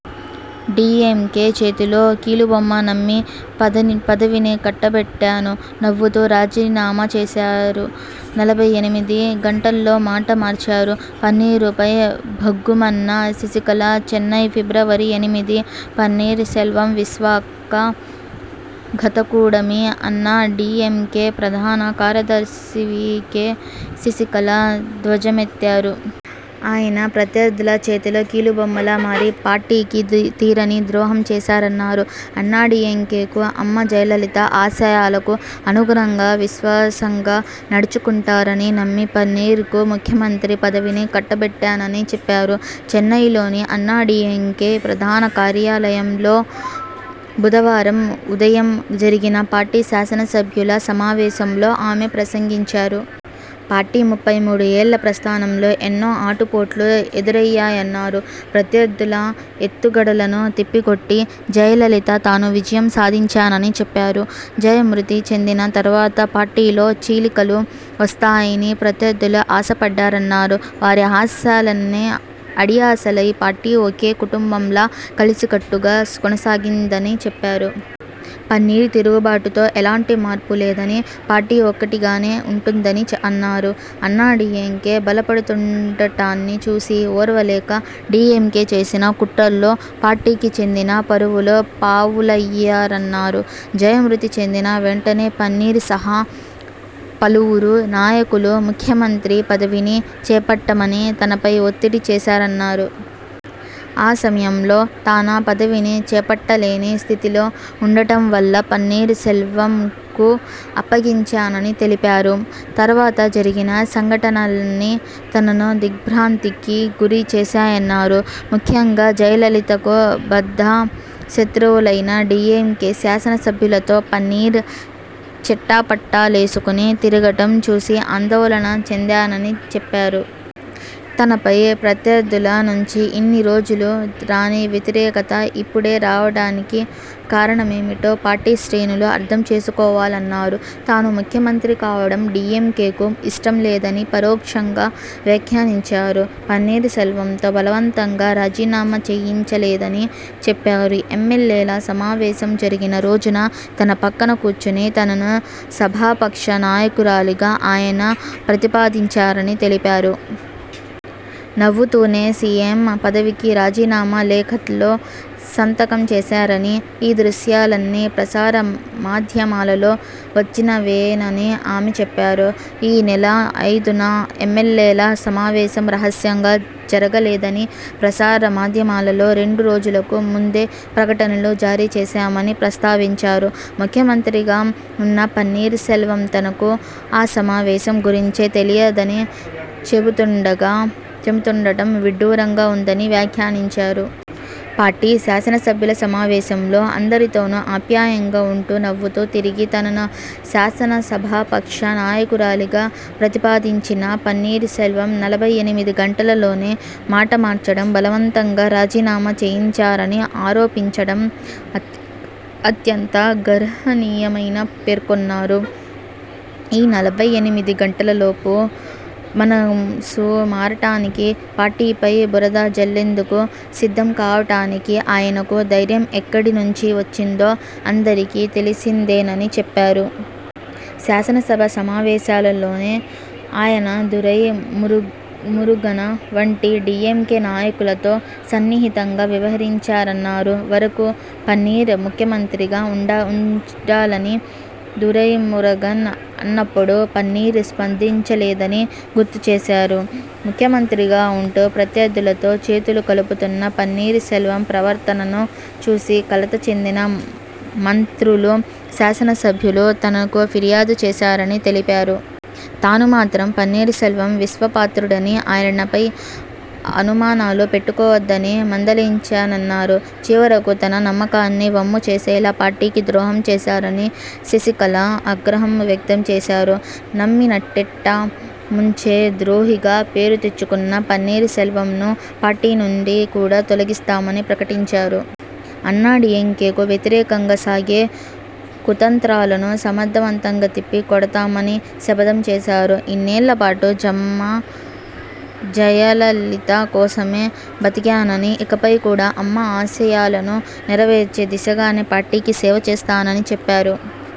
DMK చేతిలో కీలుబొమ్మ నమ్మి పదని పదవిని కట్టబెట్టాను నవ్వుతూ రాజీనామా చేశారు నలభై ఎనిమిది గంటల్లో మాట మార్చారు పన్నీరు పై భగ్గుమన్న శశికళ చెన్నై, ఫిబ్రవరి ఎనిమిది పన్నీర్ సెల్వం విశ్వక ఘతకుడమి అన్నా డీఎంకే ప్రధాన కార్యదర్శి వీ కే శశికళ ధ్వజమెత్తారు. ఆయన ప్రత్యర్థుల చేతిలో కీలుబొమ్మలా మారి పార్టీకి తీరని ద్రోహం చేశారన్నారు. అన్నాడీఎంకేకు, అమ్మ జయలలిత ఆశయాలకు అనుగుణంగా, విశ్వాసంగా నడచుకుంటారని నమ్మి పన్నీర్ కు ముఖ్యమంత్రి పదవిని కట్టబెట్టానని చెప్పారు. చెన్నైలోని అన్నాడీఎంకే ప్రధాన కార్యాలయంలో బుధవారం ఉదయం జరిగిన పార్టీ శాసనసభ్యుల సమావేశంలో ఆమె ప్రసంగించారు. పార్టీ ముప్పై మూడు ఏళ్ల ప్రస్థానంలో ఎన్నో ఆటుపోట్లు ఎదురయ్యాయన్నారు. ప్రత్యర్థుల ఎత్తుగడలను తిప్పికొట్టి జయలలిత, తాను విజయం సాధించానని చెప్పారు. జయ మృతి చెందిన తర్వాత పార్టీలో చీలికలు వస్తాయని ప్రత్యర్థులు ఆశ పడ్డారన్నారు. వారి ఆశలన్నీ అడియాసలై పార్టీ ఒకే కుటుంబంలా కలసికట్టుగా కొనసాగిందని చెప్పారు. పన్నీర్ తిరుగుబాటుతో ఎలాంటి ముప్పూ లేదని, పార్టీ ఒక్కటిగానే ఉంటుందని అన్నారు. అన్నాడీఎంకే బలపడుతుండటాన్ని చూసి ఓర్వలేక డీఎంకే చేసిన కుట్రల్లో పార్టీకి చెందిన పరువులు పావులయ్యారన్నారు. జయ మృతి చెందిన వెంటనే పన్నీర్ సహా పలువురు నాయకులు ముఖ్యమంత్రి పదవిని చేపట్టమని తనపై ఒత్తిడి చేశారన్నారు. ఆ సమయంలో తానా పదవిని చేపట్టలేని స్థితిలో ఉండటం వల్ల పన్నీర్ సెల్వంకు అప్పగించానని తెలిపారు. తర్వాత జరిగిన సంఘటనలన్నీ తనను దిగ్ర్భాంతికి గురి చేశాయన్నారు. ముఖ్యంగా జయలలితకు బద్ధ శత్రువులైన డీఎంకే శాసన సభ్యులతో పన్నీర్ చెట్టాపట్టాలేసుకుని తిరగటం చూసి ఆందోళన చెందానని చెప్పారు. తనపై ప్రత్యర్థుల నుంచి ఇన్ని రోజులూ రాని వ్యతిరేకత ఇప్పుడే రావటానికి కారణమేమిటో పార్టీ శ్రేణులు అర్థం చేసుకోవాలన్నారు. తాను ముఖ్యమంత్రి కావడం డీఎంకేకు ఇష్టం లేదని పరోక్షంగా వ్యాఖ్యానించారు. పన్నీర్ సెల్వంతో బలవంతంగా రాజీనామా చేయించలేదని చెప్పారు. ఎమ్మెల్యేల సమావేశం జరిగిన రోజున తన పక్కన కూర్చుని తనను సభాపక్ష నాయకురాలిగా ఆయన ప్రతిపాదించారని తెలిపారు. నవ్వుతూనే సీఎం పదవికి రాజీనామా లేఖలో సంతకం చేశారని, ఈ దృశ్యాలన్నీ ప్రసార మాధ్యమాలలో వచ్చినవేనని ఆమె చెప్పారు. ఈ నెల ఐదున ఎమ్మెల్యేల సమావేశం రహస్యంగా జరగలేదని, ప్రసార మాధ్యమాలలో రెండు రోజులకు ముందే ప్రకటనలు జారీ చేశామని ప్రస్తావించారు. ముఖ్యమంత్రిగా ఉన్న పన్నీర్ సెల్వం తనకు ఆ సమావేశం గురించే తెలియదని చెబుతుండగా చెబుతుండటం విడ్డూరంగా ఉందని వ్యాఖ్యానించారు. పార్టీ శాసన సభ్యుల సమావేశంలో అందరి తోనూ ఆప్యాయంగా ఉంటూ నవ్వుతూ తిరిగి, తనను శాసనసభా పక్ష నాయకురాలిగా ప్రతిపాదించిన పన్నీర్ సెల్వం నలభై ఎనిమిది గంటలలోనే మాట మార్చడం, బలవంతంగా రాజీనామా చేయించారని ఆరోపించటం అత్యంత అత్యంత గర్హనీయమని పేర్కొన్నారు. ఈ నలభై ఎనిమిది గంటలలోపే మనసు మారటానికి, పార్టీపై బురద జల్లేందుకు సిద్ధం కావటానికి ఆయనకు ధైర్యం ఎక్కడి నుంచి వచ్చిందో అందరికీ తెలిసిందేనని చెప్పారు. శాసనసభ సమావేశాలలోనే ఆయన దురై మురు మురుగన వంటి డీఎంకే నాయకులతో సన్నిహితంగా వ్యవహించారన్నారు. వరకు పన్నీర్ ముఖ్యమంత్రిగా ఉండాల ఉండాలని దురైమురుగన్ అన్నపుడు పన్నీర్ స్పందించలేదని గుర్తు చేశారు. ముఖ్యమంత్రిగా ఉంటూ ప్రత్యర్థులతో చేతులు కలుపుతున్న పన్నీర్ సెల్వం ప్రవర్తనను చూసి కలత చెందిన మంత్రులు, శాసన సభ్యులు తనకు ఫిర్యాదు చేశారని తెలిపారు. తాను మాత్రం పన్నీర్ సెల్వం విశ్వాపాత్రుడని ఆయనపై అనుమానాలు పెట్టుకోవద్దని మందలించానన్నారు. చివరకు తన నమ్మకాన్ని వమ్ము చేసేలా పార్టీకి ద్రోహం చేశారని శశికళ ఆగ్రహం వ్యక్తం చేశారు. నమ్మి నట్టేట ముంచే ద్రోహిగా పేరు తెచ్చుకున్న పన్నీర్ సెల్వంను పార్టీ నుండి కూడా తొలగిస్తామని ప్రకటించారు. అన్నాడీఎంకేకు వ్యతిరేకంగా సాగే కుతంత్రాలను సమర్థవంతంగా తిప్పి కొడతామని శపథం చేశారు. ఇన్నేళ్ల పాటు అమ్మ జయలలిత కోసమే బతికానని, ఇకపై కూడా అమ్మ ఆశయాలను నెరవేర్చే దిశగానే పార్టీకి సేవ చేస్తానని చెప్పారు.